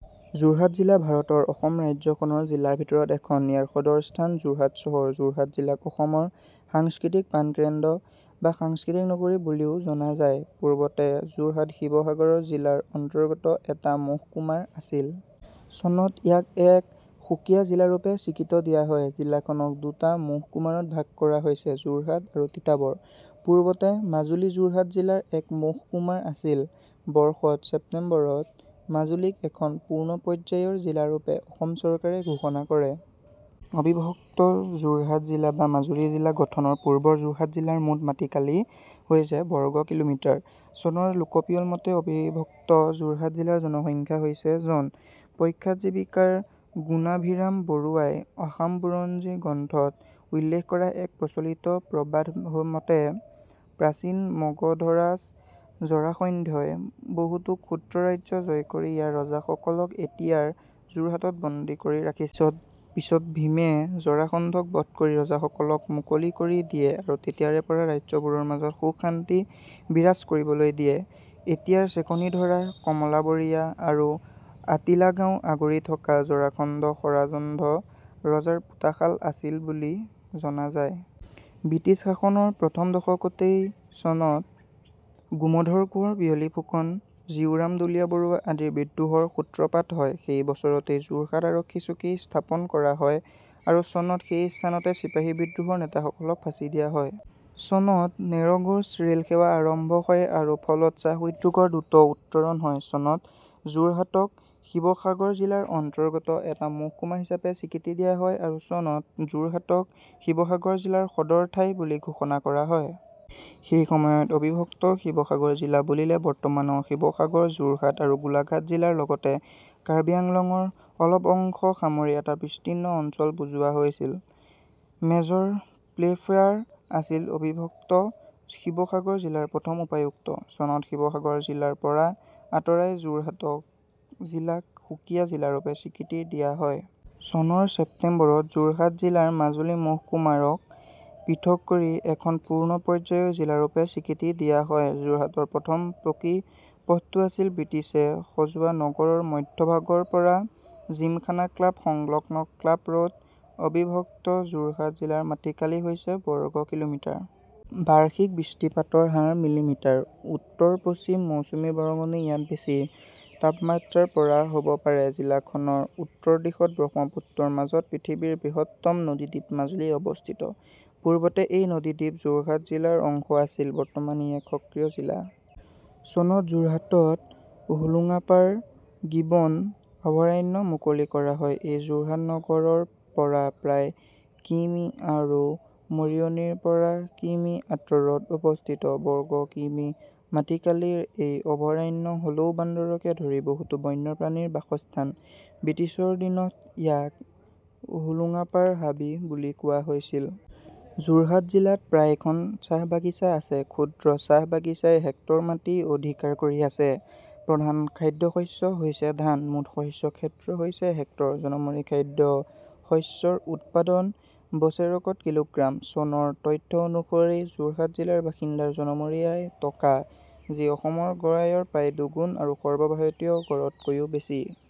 যোৰহাট জিলা ভাৰতৰ অসম ৰাজ্যৰ খন জিলাৰ ভিতৰত এখন। ইয়াৰ সদৰ স্থান যোৰহাট চহৰ। যোৰহাট জিলাক অসমৰ সাংস্কৃতিক প্ৰাণকেন্দ্ৰ বা সাংস্কৃতিক নগৰী বুলিও জনা যায়। পূৰ্বতে যোৰহাট শিৱসাগৰ জিলা ৰ অন্তৰ্গত এটা মহকুমা আছিল। চনত ইয়াক এক সুকীয়া জিলাৰূপে স্বীকৃতি দিয়া হয়। জিলাখনক দুটা মহকুমাত ভাগ কৰা হৈছে: যোৰহাট আৰু তিতাবৰ। পূৰ্বতে মাজুলী যোৰহাট জিলাৰ এক মহকুমা আছিল। বৰ্ষৰ ছেপ্টেম্বৰত মাজুলীক এখন পূৰ্ণ পৰ্যায়ৰ জিলাৰূপে অসম চৰকাৰে ঘোষণা কৰে। অবিভক্ত যোৰহাট জিলা বা মাজুলী জিলা গঠনৰ পূৰ্বৰ যোৰহাট জিলাৰ মুঠ মাটিকালি হৈছে বৰ্গ কিলোমিটাৰ। চনৰ লোকপিয়ল মতে অবিভক্ত যোৰহাট জিলাৰ জনসংখ্যা হৈছে জন। প্ৰখ্যাত জীৱনীকাৰ গুণাভিৰাম বৰুৱাই 'আসাম বুৰঞ্জী' গ্ৰন্থত উল্লেখ কৰা এক প্ৰচলিত প্ৰবাদ মতে প্ৰাচীন মগধৰাজ জৰাসন্ধই বহুতো ক্ষুদ্ৰ ৰাজ্য জয় কৰি ইয়াৰ ৰজাসকলক এতিয়াৰ যোৰহাটত বন্দী কৰি ৰাখিছিল। পিছত ভীমে জৰাসন্ধক বধ কৰি ৰজাসকলক মুকলি কৰি দিয়ে আৰু তেতিয়াৰে পৰা ৰাজ্যবোৰৰ মাজত সুখ-শান্তি বিৰাজ কৰিবলৈ দিয়ে। এতিয়াৰ চেকণীধৰা, কমলাবৰীয়া আৰু আতিলা গাঁও আগুৰি থকা ঠাইখণ্ড জৰাসন্ধ ৰজাৰ পোতাশাল আছিল বুলি জনা যায়। ব্ৰিটিছ শাসনৰ প্ৰথম দশকতেই চনত গোমধৰ কোঁৱৰ, পিয়লী ফুকন, জীউৰাম দুলীয়া বৰুৱা আদিৰ বিদ্ৰোহৰ সূত্ৰপাত হয়। সেই বছৰতেই যোৰহাট আৰক্ষী চকী স্থাপন কৰা হয় আৰু চনত সেই স্থানতে চিপাহী বিদ্ৰোহ ৰ নেতাসকলক ফাঁচী দিয়া হয়। চনত নেৰ'-গজ ৰেল সেৱা আৰম্ভ হয় আৰু ফলত চাহ উদ্যোগৰ দ্ৰুত উত্তৰণ হয়। চনত যোৰহাটক শিৱসাগৰ জিলাৰ অন্তৰ্গত এটা মহকুমা হিচাপে স্বীকৃতি দিয়া হয় আৰু চনত যোৰহাটক শিৱসাগৰ জিলাৰ সদৰ ঠাই বুলি ঘোষণা কৰা হয়। সেই সময়ত অবিভক্ত শিৱসাগৰ জিলা বুলিলে বৰ্তমানৰ শিৱসাগৰ, যোৰহাট আৰু গোলাঘাট জিলা ৰ লগতে কাৰ্বি আংলঙৰ অলপ অংশ সামৰি এটা বিস্তীৰ্ণ অঞ্চল বুজোৱা গৈছিল। মেজৰ প্লে'ফেয়াৰ আছিল অবিভক্ত শিৱসাগৰ জিলাৰ প্ৰথম উপায়ুক্ত। চনত শিৱসাগৰ জিলাৰ পৰা আঁতৰাই যোৰহাট জিলাক সুকীয়া জিলাৰূপে স্বীকৃতি দিয়া হয়। চনৰ ছেপ্টেম্বৰত যোৰহাট জিলাৰ মাজুলী মহকুমাক পৃথক কৰি এখন পূৰ্ণ পৰ্যায়ৰ জিলাৰূপে স্বীকৃতি দিয়া হয়। যোৰহাটৰ প্ৰথম পকী পথটো আছিল ব্ৰিটিছে সজোৱা নগৰৰ মধ্যভাগৰ পৰা জিমখানা ক্লাব সংলগ্ন 'ক্লাব ৰ'ড'। অবিভক্ত যোৰহাট জিলাৰ মাটিকালি হৈছে বৰ্গ কিলোমিটাৰ। বাৰ্ষিক বৃষ্টিপাতৰ হাৰ মিলিমিটাৰ। উত্তৰ-পশ্চিম মৌচুমীৰ বৰঙণি ইয়াত বেছি। তাপমাত্ৰা ৰ পৰা হ'ব পাৰে। জিলাখনৰ উত্তৰ দিশত ব্ৰহ্মপুত্ৰৰ মাজত পৃথিৱীৰ বৃহত্তম নদীদ্বীপ মাজুলী অৱস্থিত। পূৰ্বতে এই নদীদ্বীপ যোৰহাট জিলাৰ অংশ আছিল। বৰ্তমান ই এক স্বকীয় জিলা। চনত যোৰহাটত হোলোঙাপাৰ গিবন অভয়াৰণ্য মুকলি কৰা হয়। ই যোৰহাট নগৰৰ পৰা প্ৰায় কিমি আৰু মৰিয়নি ৰ পৰা কিমি আঁতৰত অৱস্থিত। বৰ্গ কিমি মাটিকালিৰ এই অভয়াৰণ্য হলৌ বান্দৰকে ধৰি বহুতো বন্যপ্ৰাণীৰ বাসস্থান। ব্ৰিটিছৰ দিনত ইয়াক হোলোঙাপাৰ হাবি বুলি কোৱা হৈছিল। যোৰহাট জিলাত প্ৰায় খন চাহ বাগিছা আছে। ক্ষুদ্ৰ চাহ বাগিছাই হেক্টৰ মাটি অধিকাৰ কৰি আছে। প্ৰধান খাদ্যশস্য হৈছে ধান। মুঠ শস্য ক্ষেত্ৰ হৈছে হেক্টৰ। জনমুৰি খাদ্য শস্যৰ উৎপাদন বছৰেকত কিলোগ্ৰাম। চনৰ তথ্য অনুসৰি যোৰহাট জিলাৰ বাসিন্দাৰ জনমুৰি আয় টকা যি অসমৰ গড় আয়ৰ প্ৰায় দুগুণ আৰু সৰ্বভাৰতীয় গড়তকৈও বেছি।